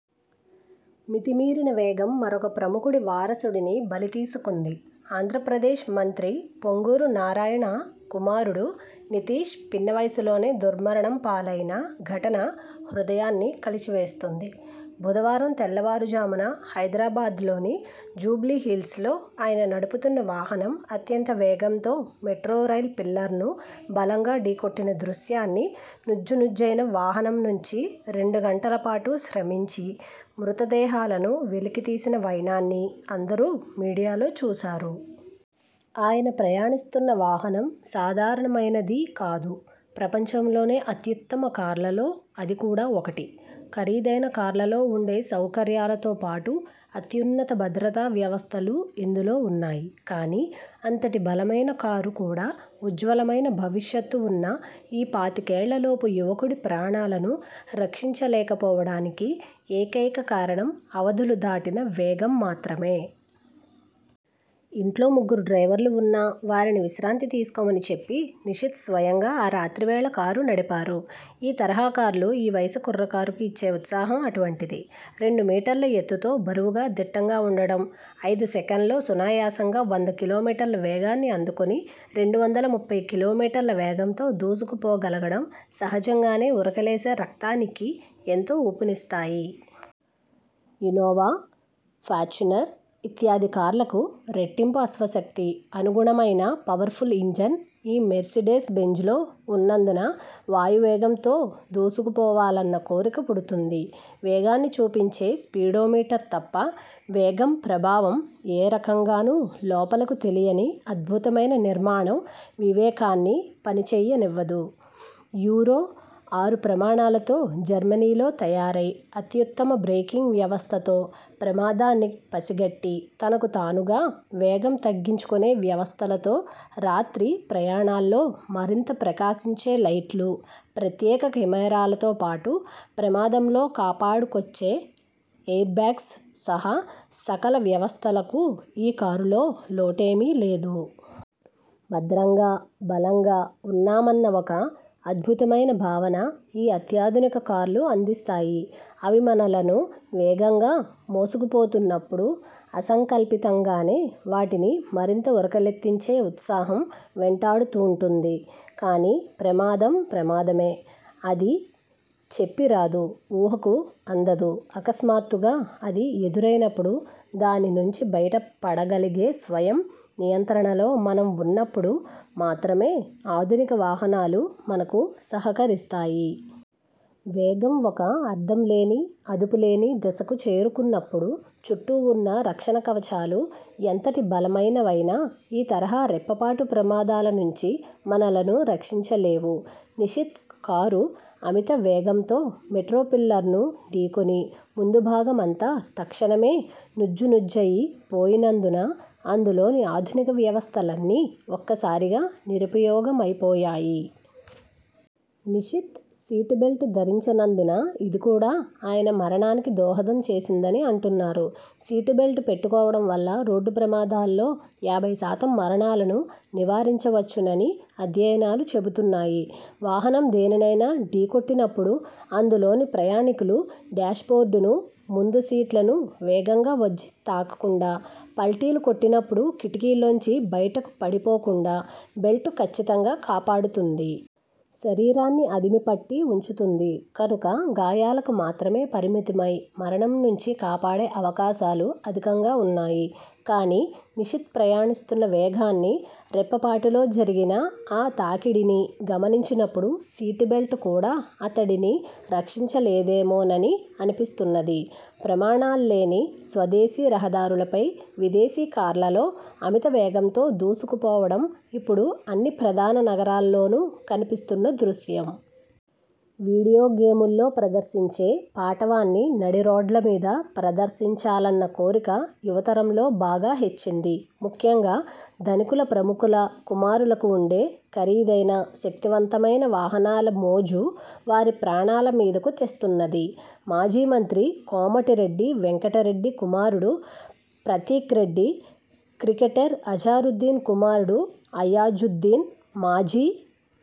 మితిమీరిన వేగం మరొక ప్రముఖుడి వారసుడిని బలితీసుకుంది. ఆంధ్రప్రదేశ్ మంత్రి పొంగూరు నారాయణ కుమారుడు నితీష్ పిన్నవయసులోనే దుర్మరణం పాలైన ఘటన హృదయాన్ని కలిచివేస్తుంది. బుధవారం తెల్లవారుజామున హైదరాబాద్లోని జూబ్లీహిల్స్లో ఆయన నడుపుతున్న వాహనం అత్యంతవేగంతో మెట్రోరైల్ పిల్లర్ను బలంగా ఢీకొట్టిన దృశ్యాన్నీ, నుజ్జునుజ్జయిన వాహనం నుంచి రెండుగంటల పాటు శ్రమించి మృతదేహాలను వెలికితీసిన వైనాన్ని అందరూ మీడియాలో చూశారు. ఆయన ప్రయాణిస్తున్న వాహనం సాధారణమైనదేమీ కాదు. ప్రపంచంలోనే అత్యుత్తమ కార్లలో అది కూడా ఒకటి. ఖరీదైన కార్లలో ఉండే సౌకర్యాలతో పాటు అత్యున్నత భద్రతా వ్యవస్థలూ ఇందులో ఉన్నాయి. కానీ, అంతటి బలమైన కారు కూడా ఉజ్వలమైన భవిష్యత్తు ఉన్న ఈ పాతికేళ్ళలోపు యువకుడి ప్రాణాలను రక్షించలేకపోవడానికి ఏకైక కారణం అవధులు దాటిన వేగం మాత్రమే. ఇంట్లో ముగ్గురు డ్రైవర్లు ఉన్నా, వారిని విశ్రాంతి తీసుకోమని చెప్పి నిషిత్ స్వయంగా ఆ రాత్రివేళ కారు నడిపారు. ఈ తరహా కార్లు ఈ వయసు కుర్రకారుకు ఇచ్చే ఉత్సాహం అటువంటిది. రెండు మీటర్ల ఎత్తుతో, బరువుగా దిట్టంగా వుండటం, ఐదు సెకన్లలో సునాయాసంగా వంద కిలోమీటర్ల వేగాన్ని అందుకొని రెండువందల ముప్పై కిలోమీటర్ల వేగంతో దూసుకుపోగలగడం సహజంగానే ఉరకలేసే రక్తానికి ఎంతో ఊపునిస్తాయి. ఇన్నోవా, ఫార్చునర్ ఇత్యాది కార్లకు రెట్టింపు అశ్వశక్తి, అనుగుణమైన పవర్ఫుల్ ఇంజన్ ఈ మెర్సిడెస్ బెంజ్లో ఉన్నందున వాయువేగంతో దూసుకుపోవాలన్న కోరిక పుడుతుంది. వేగాన్ని చూపించే స్పీడోమీటర్ తప్ప, వేగం ప్రభావం ఏ రకంగానూ లోపలకు తెలియని అద్భుతమైన నిర్మాణం వివేకాన్ని పనిచేయనివ్వదు. యూరో–ఆరు ప్రమాణాలతో జర్మనీలో తయారై, అత్యుత్తమ బ్రేకింగ్ వ్యవస్థతో, ప్రమాదాన్ని పసిగట్టి తనకు తానుగా వేగం తగ్గించుకొనే వ్యవస్థలతో, రాత్రి ప్రయాణాల్లో మరింత ప్రకాశించే లైట్లు, ప్రత్యేక కెమెరాలతో పాటు, ప్రమాదంలో కాపాడుకొచ్చే ఎయిర్బాగ్స్ సహా సకల వ్యవస్థలకూ ఈ కారులో లోటేమీ లేదు. భద్రంగా, బలంగా ఉన్నామన్న ఒక అద్భుతమైన భావన ఈ అత్యాధునిక కార్లు అందిస్తాయి. అవి మనలను వేగంగా మోసుకుపోతున్నప్పుడు అసంకల్పింతంగానే వాటిని మరింత ఉరకలెత్తించే ఉత్సాహం వెంటాడుతూంటుంది. కానీ, ప్రమాదం ప్రమాదమే. అది చెప్పిరాదు, ఊహకు అందదు. అకస్మాత్తుగా అది ఎదురైనప్పుడు దానినుంచి బయటపడగలిగే స్వయం నియంత్రణలో మనం ఉన్నప్పుడు మాత్రమే ఆధునిక వాహనాలు మనకు సహకరిస్తాయి. వేగం ఒక అర్థంలేని, అదుపులేని దశకు చేరుకున్నప్పుడు, చుట్టూ ఉన్న రక్షణకవచాలు ఎంతటి బలమైనవైనా ఈ తరహా రెప్పపాటు ప్రమాదాల నుంచి మనలను రక్షించలేవు. నిషిత్ కారు అమితవేగంతో మెట్రోపిల్లర్ను ఢీకొని ముందుభాగమంతా తక్షణమే నుజ్జు నుజ్జయి పోయినందున, అందులోని ఆధునిక వ్యవస్థలన్నీ ఒక్కసారిగా నిరుపయోగమైపోయాయి. నిషిత్ సీటుబెల్టు ధరించనందున ఇది కూడా ఆయన మరణానికి దోహదం చేసిందని అంటున్నారు. సీటుబెల్టు పెట్టుకోవడం వల్ల రోడ్డు ప్రమాదాల్లో యాభైశాతం మరణాలను నివారించవచ్చునని అధ్యయనాలు చెబుతున్నాయి. వాహనం దేనినైనా ఢీకొట్టినప్పుడు అందులోని ప్రయాణీకులు డ్యాష్బోర్డును, ముందుసీట్లను వేగంగా వచ్చి తాకకుండా, పల్టీలు కొట్టినప్పుడు కిటికీల్లోంచి బయటకుపడిపోకుండా బెల్టు కచ్చితంగా కాపాడుతుంది. శరీరాన్ని అదిమి పట్టి వుంచుతుంది కనుక గాయాలకు మాత్రమే పరిమితమై మరణం నుంచి కాపాడే అవకాశాలు అధికంగా ఉన్నాయి. కానీ, నిషిత్ ప్రయాణిస్తున్న వేగాన్నీ రెప్పపాటులో జరిగిన ఆ తాకిడినీ గమనించినప్పుడు సీటుబెల్టు కూడా అతడిని రక్షించలేదేమోనని అనిపిస్తున్నది. ప్రమాణాల్లేని స్వదేశీ రహదారులపై విదేశీ కార్లలో అమిత వేగంతో దూసుకుపోవడం ఇప్పుడు అన్ని ప్రధాన నగరాల్లోనూ కనిపిస్తున్న దృశ్యం. వీడియోగేముల్లో ప్రదర్శించే పాటవాన్ని నడిరోడ్లమీద ప్రదర్శించాలన్న కోరిక యువతరంలో బాగా హెచ్చింది. ముఖ్యంగా ధనికుల, ప్రముఖుల కుమారులకు ఉండే ఖరీదైన, శక్తిమంతమైన వాహనాల మోజు వారి ప్రాణాలమీదకు తెస్తున్నది. మాజీ మంత్రి కోమటిరెడ్డి వెంకటరెడ్డి కుమారుడు ప్రతీక్రెడ్డి, క్రికెటర్ అజారుద్దీన్ కుమారుడు అయాజుద్దీన్, మాజీ